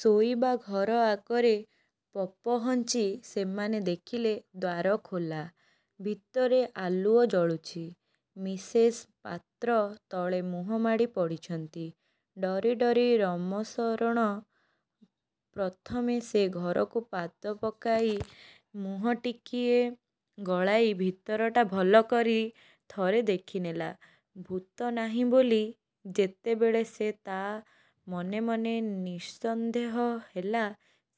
ଶୋଇବା ଘର ଆଗରେ ପପହଞ୍ଚି ସେମାନେ ଦେଖିଲେ-ଦ୍ୱାର ଖୋଲା, ଭିତରେ ଆଲୁଅ ଜଳୁଛି। ମିସେସ୍ ପାତ୍ର ତଳେ ମୁହଁ ମାଡ଼ି ପଡ଼ିଛନ୍ତି। ଡରି ଡରି ରମଶରଣ ପ୍ରଥମେ ସେ ଘରକୁ ପାଦ ପକାଇ ମୁହଁ ଟିକିଏ ଗଳାଇ ଭିତରଟା ଭଲ କରି ଥରେ ଦେଖିନେଲା। ଭୂତ ନାହିଁ ବୋଲି ଯେତେବେଳେ ସେ ତା' ମନେ ମନେ ନିଃସନ୍ଦେହ ହେଲା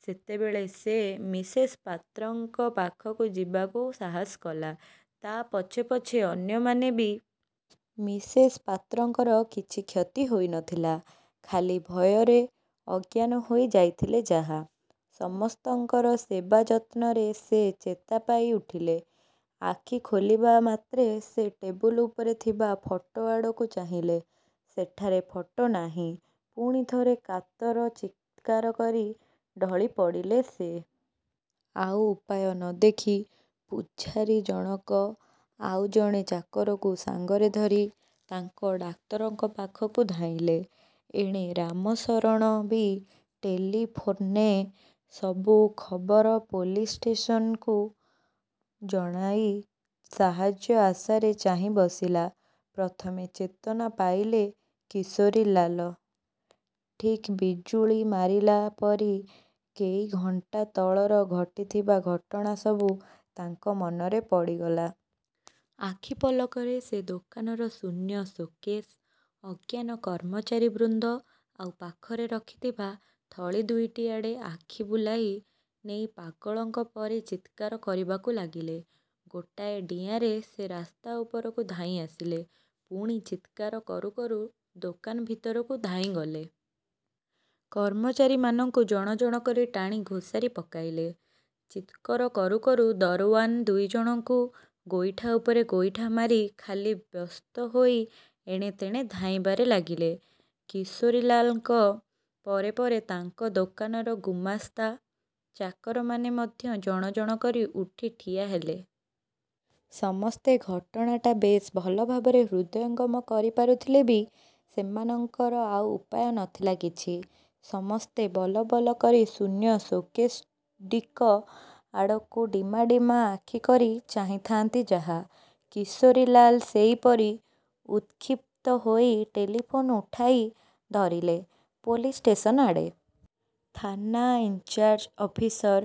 ସେତେବେଳେ ସେ ମିସେସ୍ ପାତ୍ରଙ୍କ ପାଖକୁ ଯିବାକୁ ସାହସ କଲା; ତା' ପଛେ ପଛେ ଅନ୍ୟମାନେ ବି। ମିସେସ୍ ପାତ୍ରଙ୍କର କିଛି କ୍ଷତି ହୋଇ ନଥିଲା। ଖାଲି ଭୟରେ ଅଜ୍ଞାନ ହୋଇ ଯାଇଥିଲେ ଯାହା। ସମସ୍ତଙ୍କର ସେବା ଯତ୍ନରେ ସେ ଚେତା ପାଇ ଉଠିଲେ। ଆଖି ଖୋଲିବା ମାତ୍ରେ ସେ ଟେବୁଲ ଉପରେ ଥିବା ଫଟୋଆଡ଼କୁ ଚାହିଁଲେ; ସେଠାରେ ଫଟୋ ନାହିଁ। ପୁଣି ଥରେ କାତର ଚିତ୍କାର କରି ଢଳି ପଡ଼ିଲେ ସେ। ଆଉ ଉପାୟ ନ ଦେଖି ପୁଝାରୀଜଣକ ଆଉ ଜଣେ ଚାକରକୁ ସାଙ୍ଗରେ ଧରି ତାଙ୍କ ଡାକ୍ତରଙ୍କ ପାଖକୁ ଧାଇଁଲେ। ଏଣେ ରାମଶରଣ ବି ଟେଲିଫୋନ୍ରେ ସବୁ ଖବର ପୋଲିସ୍ ଷ୍ଟେସନ୍କୁ ଜଣାଇ ସାହାଯ୍ୟ ଆଶାରେ ଚାହିଁ ବସିଲା। ପ୍ରଥମେ ଚେତନା ପାଇଲେ କିଶୋରୀଲାଲ। ଠିକ୍ ବିଜୁଳି ମାରିଲା ପରି କେଇଘଣ୍ଟା ତଳର ଘଟିଥିବା ଘଟଣା ସବୁ ତାଙ୍କ ମନରେ ପଡ଼ିଗଲା। ଆଖି ପଲକରେ ସେ ଦୋକାନର ଶୂନ୍ୟ ସୋ'କେଶ୍, ଅଜ୍ଞାନ କର୍ମଚାରୀ ବୃନ୍ଦ, ଆଉ ପାଖରେ ରଖିଥିବା ଥଳି ଦୁଇଟି ଆଡ଼େ ଆଖି ବୁଲାଇ ନେଇ ପାଗଳଙ୍କ ପରି ଚିତ୍କାର କରିବାକୁ ଲାଗିଲେ। ଗୋଟାଏ ଡିଆଁରେ ସେ ରାସ୍ତା ଉପରକୁ ଧାଇଁ ଆସିଲେ। ପୁଣି ଚିତ୍କାର କରୁ କରୁ ଦୋକାନ ଭିତରକୁ ଧାଇଁ ଗଲେ। କର୍ମଚାରୀମାନଙ୍କୁ ଜଣ ଜଣ କରି ଟାଣି ଘୋଷାରି ପକାଇଲେ।। ଚିତ୍କର କରୁ କରୁ ଦରଓ୍ୱାନ୍ ଦୁଇଜଣଙ୍କୁ ଗୋଇଠା ଉପରେ ଗୋଇଠା ମାରି ଖାଲି ବ୍ୟସ୍ତ ହୋଇ ଏଣେ ତେଣେ ଧାଇଁବାରେ ଲାଗିଲେ। କିଶୋରୀଲାଲଙ୍କ ପରେ ପରେ ତାଙ୍କ ଦୋକାନର ଗୁମାସ୍ତା, ଚାକରମାନେ ମଧ୍ୟ ଜଣ ଜଣ କରି ଉଠି ଠିଆହେଲେ। ସମସ୍ତେ ଘଟଣାଟା ବେଶ ଭଲ ଭାବରେ ହୃଦୟଙ୍ଗମ କରି ପାରୁଥିଲେ ବି ସେମାନଙ୍କର ଆଉ ଉପାୟ ନଥିଲା କିଛି; ସମସ୍ତେ ବଲ ବଲ କରି ଶୂନ୍ୟ ସୋ-କେଶ୍ଗୁଡ଼ିକ ଆଡ଼କୁ ଡିମା ଡିମା ଆଖି କରି ଚାହିଁଥାନ୍ତି ଯାହା। କିଶୋରୀଲାଲ ସେଇପରି ଉତ୍କ୍ଷିପ୍ତ ହୋଇ ଟେଲିଫୋନ୍ ଉଠାଇ ଧରିଲେ ପୋଲିସ୍ ଷ୍ଟେସନ୍ ଆଡ଼େ। ଥାନା ଇନ୍ଚାର୍ଯ ଅଫିସର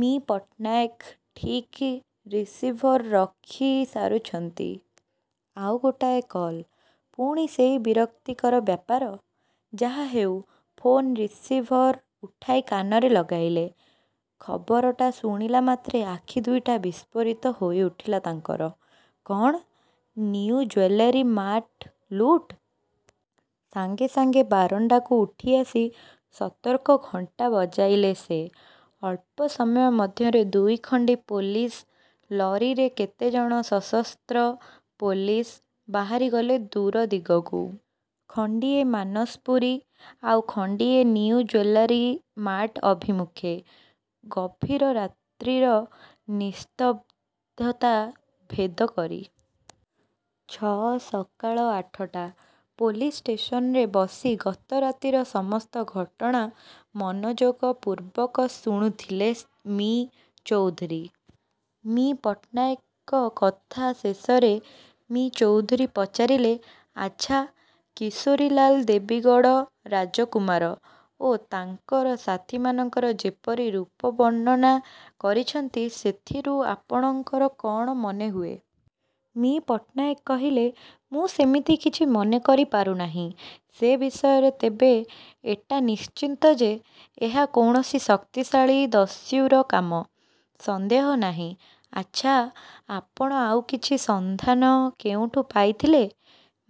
ମି: ପଟ୍ଟନାୟକ ଠିକ୍ ରିସିଭର୍ ରଖି ସାରୁଛନ୍ତି-ଆଉ ଗୋଟାଏ କଲ୍! ପୁଣି ସେଇ ବିରକ୍ତିକର ବ୍ୟାପାର! ଯାହାହେଉ ଫୋନ୍ ରିସିଭର୍ ଉଠାଇ କାନରେ ଲଗାଇଲେ। ଖବରଟା ଶୁଣିଲା ମାତ୍ରେ ଆଖି ଦୁଇଟା ବିଷ୍ପୋରିତ ହୋଇଉଠିଲା ତାଙ୍କର। ''କ'ଣ? ନିଉ ଜୁଏଲାରୀ ମାର୍ଟ ଲୁଟ୍! '' ସାଙ୍ଗେ ସାଙ୍ଗେ ବାରଣ୍ଡାକୁ ଉଠିଆସି ସତର୍କ ଘଣ୍ଟା ବଜାଇଲେ ସେ। ଅଳ୍ପ ସମୟ ମଧ୍ୟରେ ଦୁଇଖଣ୍ଡି ପୋଲିସ୍ ଲରୀରେ କେତେଜଣ ସଶସ୍ତ୍ର ପୋଲିସ୍ ବାହାରି ଗଲେ ଦୂର ଦିଗକୁ। ଖଣ୍ଡିଏ ମାନସପୁରୀ, ଆଉ ଖଣ୍ଡିଏ ନିଉ ଜୁଏଲାରୀ ମାର୍ଟ ଅଭିମୁଖେ, ଗଭୀର ରାତ୍ରିର ନିସ୍ତବ୍ଧତା ଭେଦ କରି। -ଛଅ- ସକାଳ ଆଠଟା। ପୋଲିସ୍ ଷ୍ଟେସନରେ ବସି ଗତ ରାତିର ସମସ୍ତ ଘଟଣା ମନୋଯୋଗ ପୂର୍ବକ ଶୁଣୁଥିଲେ ମି: ଚୌଧୁରୀ। ମି: ପଟ୍ଟନାୟକଙ୍କ କଥା ଶେଷରେ ମି: ଚୌଧୁରୀ ପଚାରିଲେ, ''ଆଚ୍ଛା, କିଶୋରୀଲାଲ ଦେବୀଗଡ଼ ରାଜକୁମାର ଓ ତାଙ୍କର ସାଥୀମାନଙ୍କର ଯେପରି ରୂପ ବର୍ଣ୍ଣନା କରିଛନ୍ତି, ସେଥିରୁ ଆପଣଙ୍କର କ'ଣ ମନେ ହୁଏ? '' ମି: ପଟ୍ଟନାୟକ କହିଲେ, ''ମୁଁ ସେମିତି କିଛି ମନେ କରି ପାରୁନାହିଁ। ସେ ବିଷୟରେ ତେବେ ଏଟା ନିଶ୍ଚିତ ଯେ ଏହା କୌଣସି ଶକ୍ତିଶାଳୀ ଦସ୍ୟୁର କାମ, ସନ୍ଦେହ ନାହିଁ। '' ''ଆଚ୍ଛା, ଆପଣ ଆଉ କିଛି ସନ୍ଧାନ କେଉଁଠୁ ପାଇଥିଲେ;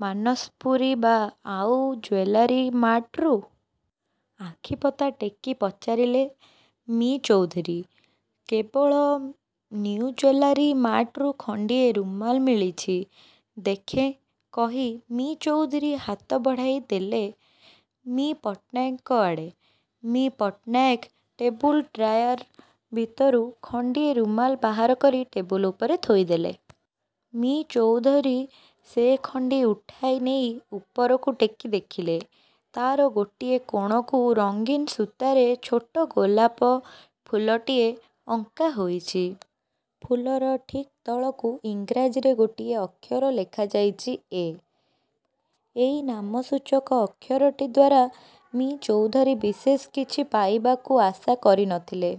ମାନସପୁରୀ ବା ଆଉ ଜୁଏଲାରୀମାର୍ଟରୁ? '' ଆଖିପତା ଟେକି ପଚାରିଲେ ମି: ଚୌଧୁରୀ। କେବଳ ନିଉ ଜୁଏଲାରୀ ମାର୍ଟରୁ ଖଣ୍ଡିଏ ରୁମାଲ ମିଳିଛି। '' 'ଦେଖେଁ' କହି ମି: ଚୌଧୁରୀ ହାତ ବଢ଼ାଇ ଦେଲେ ମି: ପଟ୍ଟନାୟକଙ୍କ ଆଡ଼େ। ମି: ପଟ୍ଟନାୟକ ଟେବୁଲ ଡ୍ରାୟାର ଭିତରୁ ଖଣ୍ଡିଏ ରୁମାଲ ବାହାର କରି ଟେବୁଲ ଉପରେ ଥୋଇ ଦେଲେ। ମି: ଚୌଧୁରୀ ସେଖଣ୍ଡି ଉଠାଇ ନେଇ ଉପରକୁ ଟେକି ଦେଖିଲେ, ତା'ର ଗୋଟିଏ କୋଣକୁ ରଙ୍ଗୀନ୍ ସୂତାରେ ଛୋଟ ଗୋଲାପ ଫୁଲଟିଏ ଅଙ୍କା ହୋଇଛି। ଫୁଲର ଠିକ୍ ତଳକୁ ଇଂରାଜୀରେ ଗୋଟିଏ ଅକ୍ଷର ଲେଖା ଯାଇଛି 'ଏ'। ଏଇ ନାମସୂଚକ ଅକ୍ଷରଟି ଦ୍ୱାରା ମି: ଚୌଧୁରୀ ବିଶେଷ କିଛି ପାଇବାକୁ ଆଶା କରି ନ ଥିଲେ।